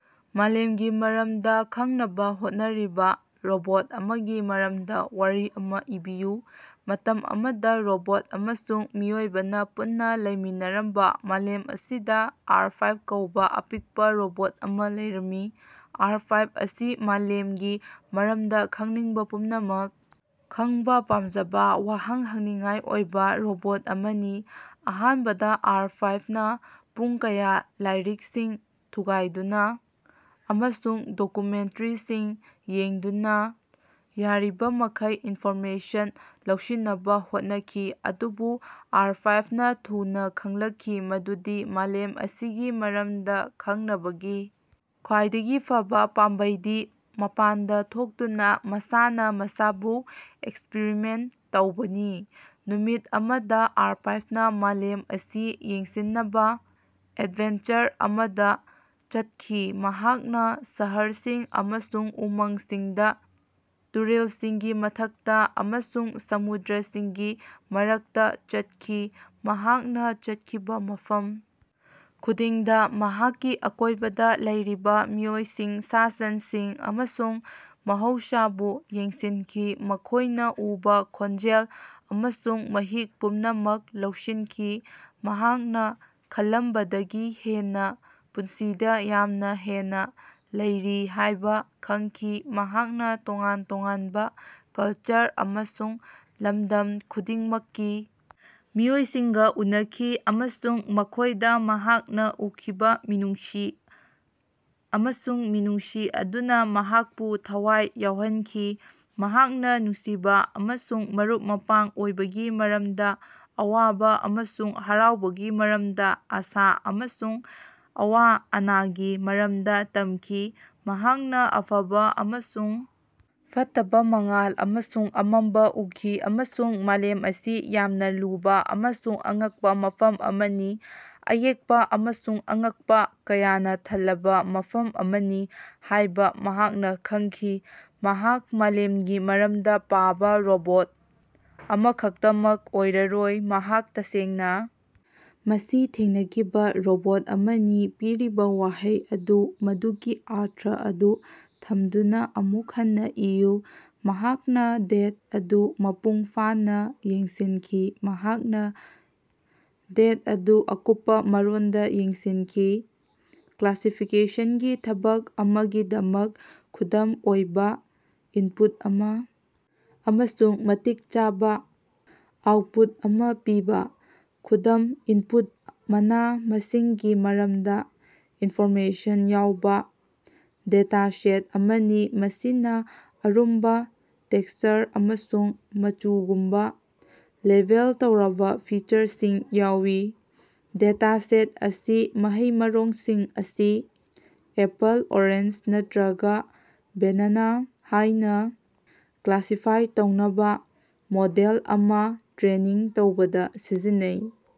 ꯃꯥꯂꯦꯝꯒꯤ ꯃꯔꯝꯗ ꯈꯪꯅꯕ ꯍꯣꯠꯅꯔꯤꯕ ꯔꯣꯕꯣꯠ ꯑꯃꯒꯤ ꯃꯔꯝꯗ ꯋꯥꯔꯤ ꯑꯃ ꯏꯕꯤꯌꯨ꯫ ꯃꯇꯝ ꯑꯃꯗ ꯔꯣꯕꯣꯠ ꯑꯃꯁꯨꯡ ꯃꯤꯑꯣꯏꯕꯅ ꯄꯨꯟꯅ ꯂꯩꯃꯤꯟꯅꯔꯝꯕ ꯃꯥꯂꯦꯝ ꯑꯁꯤꯗ ꯑꯥꯔ ꯐꯥꯏꯞ ꯀꯧꯕ ꯑꯄꯤꯛꯄ ꯔꯣꯕꯣꯠ ꯑꯃ ꯂꯩꯔꯝꯃꯤ꯫ ꯑꯥꯔ ꯐꯥꯏꯞ ꯑꯁꯤ ꯃꯥꯂꯦꯝꯒꯤ ꯃꯔꯝꯗ ꯈꯪꯅꯤꯡꯕ ꯄꯨꯝꯅꯃꯛ ꯈꯪꯕ ꯄꯥꯝꯖꯕ ꯋꯥꯍꯪ ꯍꯪꯅꯤꯡꯉꯥꯏ ꯑꯣꯏꯕ ꯔꯣꯕꯣꯠ ꯑꯃꯅꯤ꯫ ꯑꯍꯥꯟꯕꯗ ꯑꯥꯔ ꯐꯥꯏꯞ ꯅ ꯄꯨꯡ ꯀꯌꯥ ꯂꯥꯏꯔꯤꯛꯁꯤꯡ ꯊꯨꯒꯥꯏꯗꯨꯅ ꯑꯃꯁꯨꯡ ꯗꯣꯀꯨꯃꯦꯟꯇꯔꯤꯁꯤꯡ ꯌꯦꯡꯗꯨꯅ ꯌꯥꯔꯤꯕꯃꯈꯩ ꯏꯟꯐꯣꯔꯃꯦꯁꯟ ꯂꯧꯁꯤꯟꯅꯕ ꯍꯣꯠꯅꯈꯤ꯫ ꯑꯗꯨꯕꯨ ꯑꯥꯔ ꯐꯥꯏꯞ ꯅ ꯊꯨꯅ ꯈꯪꯂꯛꯈꯤ ꯃꯗꯨꯗꯤ ꯃꯥꯂꯦꯝ ꯑꯁꯤꯒꯤ ꯃꯔꯝꯗ ꯈꯪꯅꯕꯒꯤ ꯈ꯭ꯋꯥꯏꯗꯒꯤ ꯐꯕ ꯄꯥꯝꯕꯩꯗꯤ ꯃꯄꯥꯟꯗ ꯊꯣꯛꯇꯨꯅ ꯃꯁꯥꯅ ꯃꯁꯥꯕꯨ ꯑꯦꯛꯁꯄꯔꯤꯃꯦꯟ ꯇꯧꯕꯅꯤ꯫ ꯅꯨꯃꯤꯠ ꯑꯃꯗ ꯑꯥꯔ ꯐꯥꯏꯞ ꯅ ꯃꯥꯂꯦꯝ ꯑꯁꯤ ꯌꯦꯡꯁꯤꯟꯅꯕ ꯑꯦꯠꯚꯦꯟꯆꯔ ꯑꯃꯗ ꯆꯠꯈꯤ꯫ ꯃꯍꯥꯛꯅ ꯁꯍꯔꯁꯤꯡ ꯑꯃꯁꯨꯡ ꯎꯃꯪꯁꯤꯡꯗ ꯇꯨꯔꯦꯜꯁꯤꯡꯒꯤ ꯃꯊꯛꯇ ꯑꯃꯁꯨꯡ ꯁꯃꯨꯗ꯭ꯔꯥꯁꯤꯡꯒꯤ ꯃꯔꯛꯇ ꯆꯠꯈꯤ꯫ ꯃꯍꯥꯛꯅ ꯆꯠꯈꯤꯕ ꯃꯐꯝ ꯈꯨꯗꯤꯡꯗ ꯃꯍꯥꯛꯀꯤ ꯑꯀꯣꯏꯕꯗ ꯂꯩꯔꯤꯕ ꯃꯤꯑꯣꯏꯁꯤꯡ ꯁꯥ ꯁꯟꯁꯤꯡ ꯑꯃꯁꯨꯡ ꯃꯍꯧꯁꯥꯕꯨ ꯌꯦꯡꯁꯤꯟꯈꯤ ꯃꯈꯣꯏꯅ ꯎꯕ ꯈꯣꯟꯖꯦꯜ ꯑꯃꯁꯨꯡ ꯃꯍꯤꯛ ꯄꯨꯝꯅꯃꯛ ꯂꯧꯁꯤꯟꯈꯤ꯫ ꯃꯍꯥꯛꯅ ꯈꯜꯂꯝꯕꯗꯒꯤ ꯍꯦꯟꯅ ꯄꯨꯟꯁꯤꯗ ꯌꯥꯝꯅ ꯍꯦꯟꯅ ꯂꯩꯔꯤ ꯍꯥꯏꯕ ꯈꯪꯈꯤ꯫ ꯃꯍꯥꯛꯅ ꯇꯣꯉꯥꯟ ꯇꯣꯉꯥꯟꯕ ꯀꯜꯆꯔ ꯑꯃꯁꯨꯡ ꯂꯝꯗꯝ ꯈꯨꯗꯤꯡꯃꯛꯀꯤ ꯃꯤꯑꯣꯏꯁꯤꯡꯒ ꯎꯅꯈꯤ ꯑꯃꯁꯨꯡ ꯃꯈꯣꯏꯗ ꯃꯍꯥꯛꯅ ꯎꯈꯤꯕ ꯃꯤꯅꯨꯡꯁꯤ ꯑꯃꯁꯨꯡ ꯃꯤꯅꯨꯡꯁꯤ ꯑꯗꯨꯅ ꯃꯍꯥꯛꯄꯨ ꯊꯋꯥꯏ ꯌꯥꯎꯍꯟꯈꯤ꯫ ꯃꯍꯥꯛꯅ ꯅꯨꯡꯁꯤꯕ ꯑꯃꯁꯨꯡ ꯃꯔꯨꯞ ꯃꯄꯥꯡ ꯑꯣꯏꯕꯒꯤ ꯃꯔꯝꯗ ꯑꯋꯥꯕ ꯑꯃꯁꯨꯡ ꯍꯔꯥꯎꯕꯒꯤ ꯃꯔꯝꯗ ꯑꯥꯁꯥ ꯑꯃꯁꯨꯡ ꯑꯋꯥ ꯑꯅꯥꯒꯤ ꯃꯔꯝꯗ ꯇꯝꯈꯤ꯫ ꯃꯍꯥꯛꯅ ꯑꯐꯕ ꯑꯃꯁꯨꯡ ꯐꯠꯇꯕ ꯃꯉꯥꯜ ꯑꯃꯁꯨꯡ ꯑꯃꯝꯕ ꯎꯈꯤ ꯑꯃꯁꯨꯡ ꯃꯥꯂꯦꯝ ꯑꯁꯤ ꯌꯥꯝꯅ ꯂꯨꯕ ꯑꯃꯁꯨꯡ ꯑꯉꯛꯄ ꯃꯐꯝ ꯑꯃꯅꯤ ꯑꯌꯦꯠꯄ ꯑꯃꯁꯨꯡ ꯑꯉꯛꯄ ꯀꯌꯥꯅ ꯊꯜꯂꯕ ꯃꯐꯝ ꯑꯃꯅꯤ ꯍꯥꯏꯕ ꯃꯍꯥꯛꯅ ꯈꯪꯈꯤ꯫ ꯃꯍꯥꯛ ꯃꯥꯂꯦꯝꯒꯤ ꯃꯔꯝꯗ ꯄꯥꯕ ꯔꯣꯕꯣꯠ ꯑꯃꯈꯛꯇꯃꯛ ꯑꯣꯏꯔꯔꯣꯏ ꯃꯍꯥꯛ ꯇꯁꯦꯡꯅ ꯃꯁꯤ ꯊꯦꯡꯅꯈꯤꯕ ꯔꯣꯕꯣꯠ ꯑꯃꯅꯤ꯫ ꯄꯤꯔꯤꯕ ꯋꯥꯍꯩ ꯑꯗꯨ ꯃꯗꯨꯒꯤ ꯑꯔꯊ ꯑꯗꯨ ꯊꯝꯗꯨꯅ ꯑꯃꯨꯛ ꯍꯟꯅ ꯏꯌꯨ꯫ ꯃꯍꯥꯛꯅ ꯗꯦꯇ ꯑꯗꯨ ꯃꯄꯨꯡ ꯐꯥꯅ ꯌꯦꯡꯁꯤꯡꯈꯤ꯫ ꯃꯍꯥꯛꯅ ꯗꯦꯇ ꯑꯗꯨ ꯑꯀꯨꯞꯄ ꯃꯔꯣꯟꯗ ꯌꯦꯡꯁꯤꯟꯈꯤ꯫ ꯀꯂꯥꯁꯤꯐꯤꯀꯦꯁꯟꯒꯤ ꯊꯕꯛ ꯑꯃꯒꯤꯗꯃꯛ ꯈꯨꯗꯝ ꯑꯣꯏꯕ ꯏꯟꯄꯨꯠ ꯑꯃ ꯑꯃꯁꯨꯡ ꯃꯇꯤꯛ ꯆꯥꯕ ꯑꯥꯎꯠꯄꯨꯠ ꯑꯃ ꯄꯤꯕ꯫ ꯈꯨꯗꯝ ꯏꯟꯄꯨꯠ ꯃꯅꯥ ꯃꯁꯤꯡꯒꯤ ꯃꯔꯝꯗ ꯏꯟꯐꯣꯔꯃꯦꯁꯟ ꯌꯥꯎꯕ ꯗꯦꯇꯥꯁꯦꯠ ꯑꯃꯅꯤ ꯃꯁꯤꯗ ꯑꯔꯨꯝꯕ ꯇꯦꯛꯁꯆꯔ ꯑꯃꯁꯨꯡ ꯃꯆꯨꯒꯨꯝꯕ ꯂꯦꯕꯦꯜ ꯇꯧꯔꯕ ꯐꯤꯆꯔꯁꯤꯡ ꯌꯥꯎꯏ꯫ ꯗꯦꯇꯥꯁꯦꯠ ꯑꯁꯤ ꯃꯍꯩ ꯃꯔꯣꯡꯁꯤꯡ ꯑꯁꯤ ꯑꯦꯄꯜ ꯑꯣꯔꯦꯟꯖ ꯅꯠꯇꯔꯒ ꯕꯦꯅꯥꯅ ꯍꯥꯏꯅ ꯀꯂꯥꯁꯤꯐꯥꯏ ꯇꯧꯅꯕ ꯃꯣꯗꯦꯜ ꯑꯃ ꯇꯔꯦꯅꯤꯡ ꯇꯧꯕꯗ ꯁꯤꯖꯤꯟꯅꯩ꯫